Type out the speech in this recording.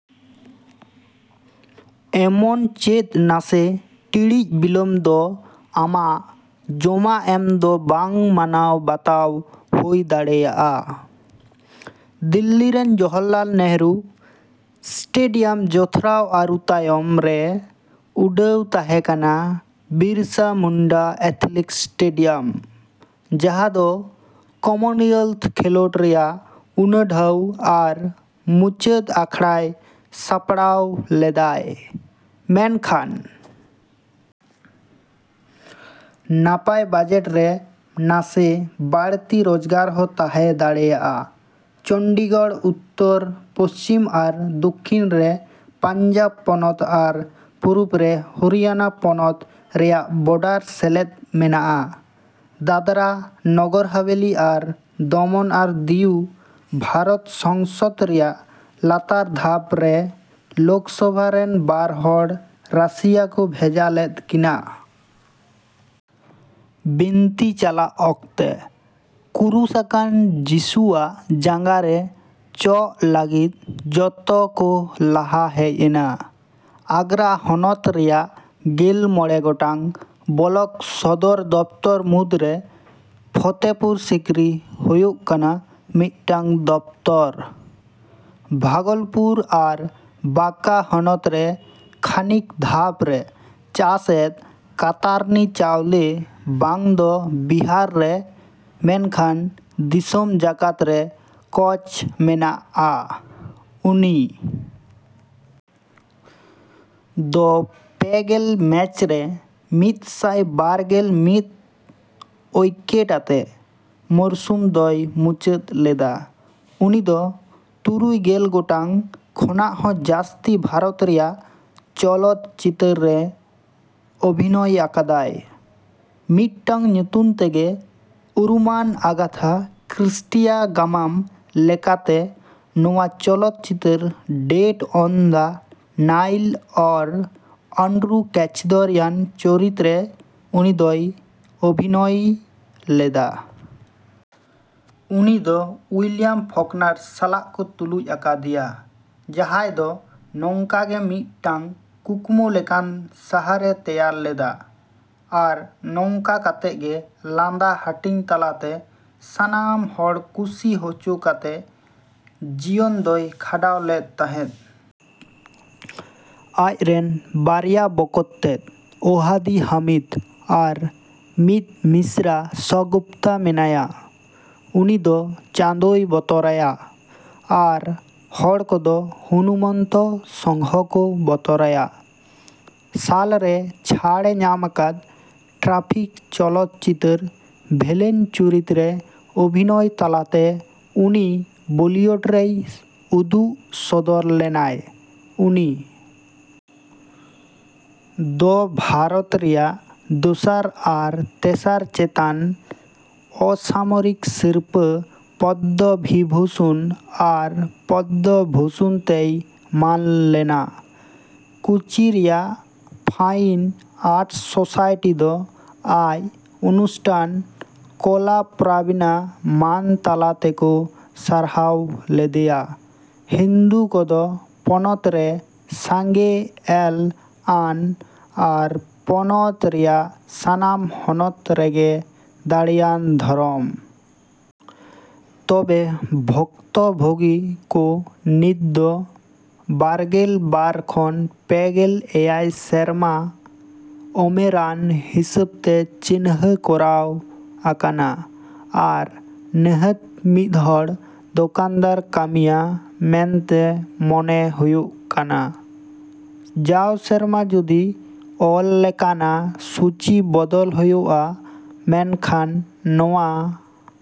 ᱮᱢᱚᱱᱪᱮᱫ ᱱᱟᱥᱮ ᱴᱤᱲᱤᱡ ᱵᱤᱞᱚᱢ ᱫᱚ ᱟᱢᱟᱜ ᱡᱚᱢᱟ ᱮᱢ ᱫᱚ ᱵᱟᱝ ᱢᱟᱱᱟᱣ ᱵᱟᱛᱟᱣ ᱦᱳᱭ ᱫᱟᱲᱮᱭᱟᱜᱼᱟ᱾ ᱫᱤᱞᱞᱤ ᱨᱮᱱ ᱡᱚᱦᱚᱨᱞᱟᱞ ᱱᱮᱦᱩᱨᱩ ᱥᱴᱮᱰᱤᱭᱟᱢ ᱡᱚᱛᱨᱟᱣ ᱟᱹᱨᱩ ᱛᱟᱭᱚᱢ ᱨᱮ ᱩᱰᱷᱟᱹᱣ ᱛᱟᱦᱮᱸ ᱠᱟᱱᱟ ᱵᱤᱨᱥᱟᱹ ᱢᱩᱱᱰᱟ ᱮᱛᱷᱮᱞᱮᱴᱤᱠᱥ ᱥᱴᱮᱰᱤᱭᱟᱢ ᱡᱟᱸᱦᱟ ᱫᱚ ᱠᱚᱢᱚᱱᱳᱭᱮᱞᱛᱷ ᱠᱷᱮᱸᱞᱰ ᱨᱮᱭᱟᱜ ᱩᱱᱩᱰᱷᱟᱹᱣ ᱟᱨ ᱢᱩᱪᱟᱹᱫ ᱟᱠᱷᱟᱲᱟᱭ ᱥᱟᱯᱲᱟᱣ ᱞᱮᱫᱟᱭ᱾ᱢᱮᱱᱠᱷᱟᱱ ᱱᱟᱯᱟᱭ ᱵᱟᱡᱮᱴ ᱨᱮ ᱱᱟᱥᱮ ᱵᱟᱲᱛᱤ ᱨᱚᱡᱽᱜᱟᱨ ᱦᱚᱸ ᱛᱟᱸᱦᱮ ᱫᱟᱲᱮᱜᱼᱟ᱾ ᱪᱚᱱᱰᱤᱜᱚᱲ ᱩᱛᱛᱚᱨ, ᱯᱚᱥᱪᱷᱤᱢ ᱟᱨ ᱫᱚᱠᱠᱷᱤᱱ ᱨᱮ ᱯᱟᱧᱡᱟᱵᱽ ᱯᱚᱱᱚᱛ ᱟᱨ ᱯᱩᱨᱩᱵ ᱨᱮ ᱦᱚᱨᱤᱭᱟᱱᱟ ᱯᱚᱱᱚᱛ ᱨᱮᱭᱟᱜ ᱵᱚᱰᱟᱨ ᱥᱮᱞᱮᱫ ᱢᱮᱱᱟᱜᱼᱟ᱾ ᱫᱟᱫᱨᱟ, ᱱᱟᱜᱟᱨ ᱦᱟᱵᱷᱮᱞᱤ ᱟᱨ ᱫᱚᱢᱚᱱ ᱟᱨ ᱫᱤᱭᱩ ᱵᱷᱟᱨᱚᱛ ᱥᱚᱝᱥᱚᱫ ᱨᱮᱭᱟᱜ ᱞᱟᱛᱟᱨ ᱫᱷᱟᱯ ᱨᱮ ᱞᱳᱠᱥᱚᱵᱷᱟ ᱨᱮᱱ ᱵᱟᱨ ᱦᱚᱲ ᱨᱟᱹᱥᱤᱭᱟᱹ ᱠᱚ ᱵᱷᱮᱡᱟ ᱞᱮᱫ ᱠᱤᱱᱟ᱾ ᱵᱤᱱᱛᱤ ᱪᱟᱞᱟᱜ ᱚᱠᱛᱮ, ᱠᱩᱨᱩᱥ ᱟᱠᱟᱱ ᱡᱤᱥᱩᱣᱟᱜ ᱡᱟᱸᱜᱟ ᱨᱮ ᱪᱚᱜᱽ ᱞᱟᱹᱜᱤᱫ ᱡᱚᱛᱚ ᱠᱚ ᱞᱟᱦᱟ ᱦᱮᱡ ᱮᱱᱟ᱾ᱟᱜᱽᱜᱨᱟ ᱦᱚᱱᱚᱛ ᱨᱮᱭᱟᱜ ᱜᱮᱞ ᱢᱚᱲᱮ ᱜᱚᱴᱟᱝ ᱵᱞᱚᱠ ᱥᱚᱫᱚᱨ ᱫᱚᱯᱛᱚᱨ ᱢᱩᱫᱽᱨᱮ ᱯᱷᱚᱛᱮᱯᱩᱨ ᱥᱤᱠᱨᱤ ᱦᱳᱭᱳᱜ ᱠᱟᱱᱟ ᱢᱤᱫᱴᱟᱝ ᱫᱚᱯᱛᱚᱨ᱾ ᱵᱷᱚᱜᱚᱞᱯᱩᱨ ᱟᱨ ᱵᱟᱸᱠᱟ ᱦᱚᱱᱚᱛ ᱨᱮ ᱠᱷᱟᱹᱱᱤᱠ ᱫᱷᱟᱯ ᱨᱮ ᱪᱟᱥ ᱮᱫ ᱠᱟᱛᱟᱨᱱᱤ ᱪᱟᱣᱞᱮ ᱵᱟᱝ ᱫᱚ ᱵᱤᱦᱟᱨ ᱨᱮ ᱢᱮᱱᱠᱷᱟᱱ ᱫᱤᱥᱚᱢ ᱡᱟᱠᱟᱛ ᱨᱮ ᱠᱚᱡ ᱢᱮᱱᱟᱜ ᱟ᱾ᱩᱱᱤ ᱫᱚ ᱯᱮ ᱜᱮᱞ ᱢᱮᱪ ᱨᱮ ᱢᱤᱫᱥᱟᱭ ᱵᱟᱨ ᱜᱮᱞ ᱢᱤᱫ ᱩᱭᱠᱮᱴ ᱟᱛᱮ ᱢᱚᱨᱥᱩᱢ ᱫᱚᱭ ᱢᱩᱪᱟᱹᱫ ᱞᱮᱫᱟ᱾ᱩᱱᱤᱫᱚ ᱛᱩᱨᱩᱭ ᱜᱮᱞ ᱜᱚᱴᱟᱝ ᱠᱷᱚᱱᱟᱜ ᱦᱚᱸ ᱡᱟᱥᱛᱤ ᱵᱷᱟᱨᱚᱛ ᱨᱮᱭᱟᱜ ᱪᱚᱞᱚᱛ ᱪᱤᱛᱟᱹᱨ ᱨᱮ ᱚᱵᱷᱤᱱᱚᱭ ᱟᱠᱟᱫᱟᱭ᱾ ᱢᱤᱫᱴᱟᱝ ᱧᱩᱛᱩᱢ ᱛᱮᱜᱮ ᱩᱨᱩᱢᱟᱱ ᱟᱜᱟᱛᱷᱟ ᱠᱨᱤᱥᱴᱤᱭᱟᱜ ᱜᱟᱢᱟᱢ ᱞᱮᱠᱟᱛᱮ ᱱᱚᱶᱟ ᱪᱚᱞᱚᱛ ᱪᱤᱛᱟᱹᱨ ᱰᱮᱛᱷ ᱚᱱ ᱫᱟ ᱱᱟᱭᱤᱞ ᱟᱨ ᱟᱱᱰᱨᱩ ᱠᱮᱪᱟᱫᱩᱨᱤᱭᱟᱱ ᱪᱩᱨᱤᱛ ᱨᱮ ᱩᱱᱤᱫᱚᱭ ᱚᱵᱷᱤᱱᱚᱭ ᱞᱮᱫᱟ᱾ ᱩᱱᱤᱫᱚ ᱩᱭᱞᱤᱭᱟᱢ ᱯᱷᱚᱠᱱᱟᱨ ᱥᱟᱞᱟᱜ ᱠᱚ ᱛᱩᱞᱩᱡ ᱟᱠᱟᱫᱮᱭᱟ ᱡᱟᱸᱦᱟᱭ ᱫᱚ ᱱᱚᱝᱠᱟᱜᱮ ᱢᱤᱫᱴᱟᱝ ᱠᱩᱠᱢᱩ ᱞᱮᱠᱟᱱ ᱥᱟᱦᱟᱨ ᱮ ᱛᱮᱭᱟᱨ ᱞᱮᱫᱟ ᱟᱨ ᱱᱚᱝᱠᱟ ᱠᱟᱛᱮᱜᱮ ᱞᱟᱸᱫᱟ ᱦᱟᱴᱤᱧ ᱛᱟᱞᱟᱛᱮ, ᱥᱟᱱᱟᱢ ᱦᱚᱲ ᱠᱩᱥᱤ ᱦᱚᱪᱚ ᱠᱟᱛᱮ ᱡᱤᱭᱚᱱ ᱫᱚᱭ ᱠᱷᱟᱸᱰᱟᱣ ᱞᱮᱫ ᱛᱟᱸᱦᱮᱫ᱾ ᱟᱡᱨᱮᱱ ᱵᱟᱨᱭᱟ ᱵᱚᱠᱚᱛᱛᱮᱫ, ᱳᱣᱟᱦᱟᱫᱤ ᱦᱟᱢᱤᱫ, ᱟᱨ ᱢᱤᱫ ᱢᱤᱥᱨᱟ ᱥᱚᱜᱩᱯᱷᱚᱛᱟ ᱢᱮᱱᱟᱭᱟ᱾ ᱩᱱᱤ ᱫᱚ ᱪᱟᱸᱫᱳᱭ ᱵᱚᱛᱚᱨᱟᱭᱟ, ᱟᱨ ᱦᱚᱲ ᱠᱚᱫᱚ ᱦᱚᱱᱩᱢᱚᱱᱛᱚ ᱥᱚᱝᱦᱚ ᱠᱚ ᱵᱚᱛᱚᱨᱟᱭᱟ᱾ ᱥᱟᱞ ᱨᱮ ᱪᱷᱟᱲ ᱮ ᱧᱟᱢ ᱟᱠᱟᱫ ᱽᱴᱨᱟᱯᱷᱤᱠᱽ ᱪᱚᱞᱚᱛ ᱪᱤᱛᱟᱹᱨ ᱵᱷᱤᱞᱮᱱ ᱪᱩᱨᱤᱛ ᱨᱮ ᱚᱵᱷᱤᱱᱚᱭ ᱛᱟᱞᱟᱛᱮ ᱩᱱᱤ ᱵᱚᱞᱤᱭᱩᱰ ᱨᱮᱭ ᱩᱫᱩᱜ ᱥᱚᱫᱚᱨ ᱞᱮᱱᱟᱭ᱾ᱩᱱᱤ ᱫᱚ ᱵᱷᱟᱨᱚᱛ ᱨᱮᱭᱟᱜ ᱫᱚᱥᱟᱨ ᱟᱨ ᱛᱮᱥᱟᱨ ᱪᱮᱛᱟᱱ ᱚᱥᱟᱢᱚᱨᱤᱠ ᱥᱤᱨᱯᱟᱹ ᱯᱚᱫᱫᱚᱵᱤᱵᱷᱩᱥᱚᱱ ᱟᱨ ᱯᱚᱫᱫᱚ ᱵᱷᱩᱥᱚᱱ ᱛᱮᱭ ᱢᱟᱹᱱ ᱞᱮᱱᱟ᱾ ᱠᱳᱪᱤ ᱨᱮᱭᱟᱜ ᱯᱷᱟᱭᱤᱱ ᱟᱨᱴᱥ ᱥᱳᱥᱟᱭᱴᱤ ᱫᱚ ᱟᱡ ᱽᱚᱱᱩᱥᱴᱟᱱ ᱠᱚᱞᱟᱯᱨᱚᱵᱤᱱᱟ ᱢᱟᱹᱱ ᱛᱟᱞᱟ ᱛᱮᱠᱚ ᱥᱟᱨᱦᱟᱣ ᱞᱮᱫᱮᱭᱟ᱾ ᱦᱤᱱᱫᱩ ᱠᱚᱫᱚ ᱯᱚᱱᱚᱛ ᱨᱮ ᱥᱟᱸᱜᱮ ᱮᱞ ᱟᱱ ᱟᱨ ᱯᱚᱱᱚᱛ ᱨᱮᱭᱟᱜ ᱥᱟᱱᱟᱢ ᱦᱚᱱᱚᱛ ᱨᱮᱜᱮ ᱫᱟᱲᱮᱭᱟᱱ ᱫᱷᱚᱨᱚᱢ᱾ ᱛᱚᱵᱮ, ᱵᱷᱩᱠᱛᱚᱵᱷᱳᱜᱤ ᱠᱚ ᱱᱤᱛ ᱫᱚ ᱵᱟᱨ ᱜᱮᱞ ᱵᱟᱨ ᱠᱷᱚᱱ ᱯᱮ ᱜᱮᱞ ᱮᱭᱟᱭ ᱥᱮᱨᱢᱟ ᱩᱢᱮᱨᱟᱱ ᱦᱤᱥᱟᱹᱵᱛᱮ ᱪᱤᱱᱦᱟᱹ ᱠᱚᱨᱟᱶ ᱟᱠᱟᱱᱟ ᱟᱨ ᱱᱤᱦᱟᱹᱛ ᱢᱤᱫᱦᱚᱲ ᱫᱚᱠᱟᱱᱫᱟᱨ ᱠᱟᱹᱢᱤᱭᱟᱹ ᱢᱮᱱᱛᱮ ᱢᱚᱱᱮ ᱦᱩᱭᱩᱜ ᱠᱟᱱᱟ᱾ ᱡᱟᱣ ᱥᱮᱨᱢᱟ ᱡᱚᱫᱤ ᱚᱞ ᱞᱮᱠᱟᱱᱟ ᱥᱩᱪᱤ ᱵᱚᱫᱚᱞ ᱦᱳᱭᱳᱜᱼᱟ, ᱢᱮᱱᱠᱷᱟᱱ ᱱᱚᱶᱟ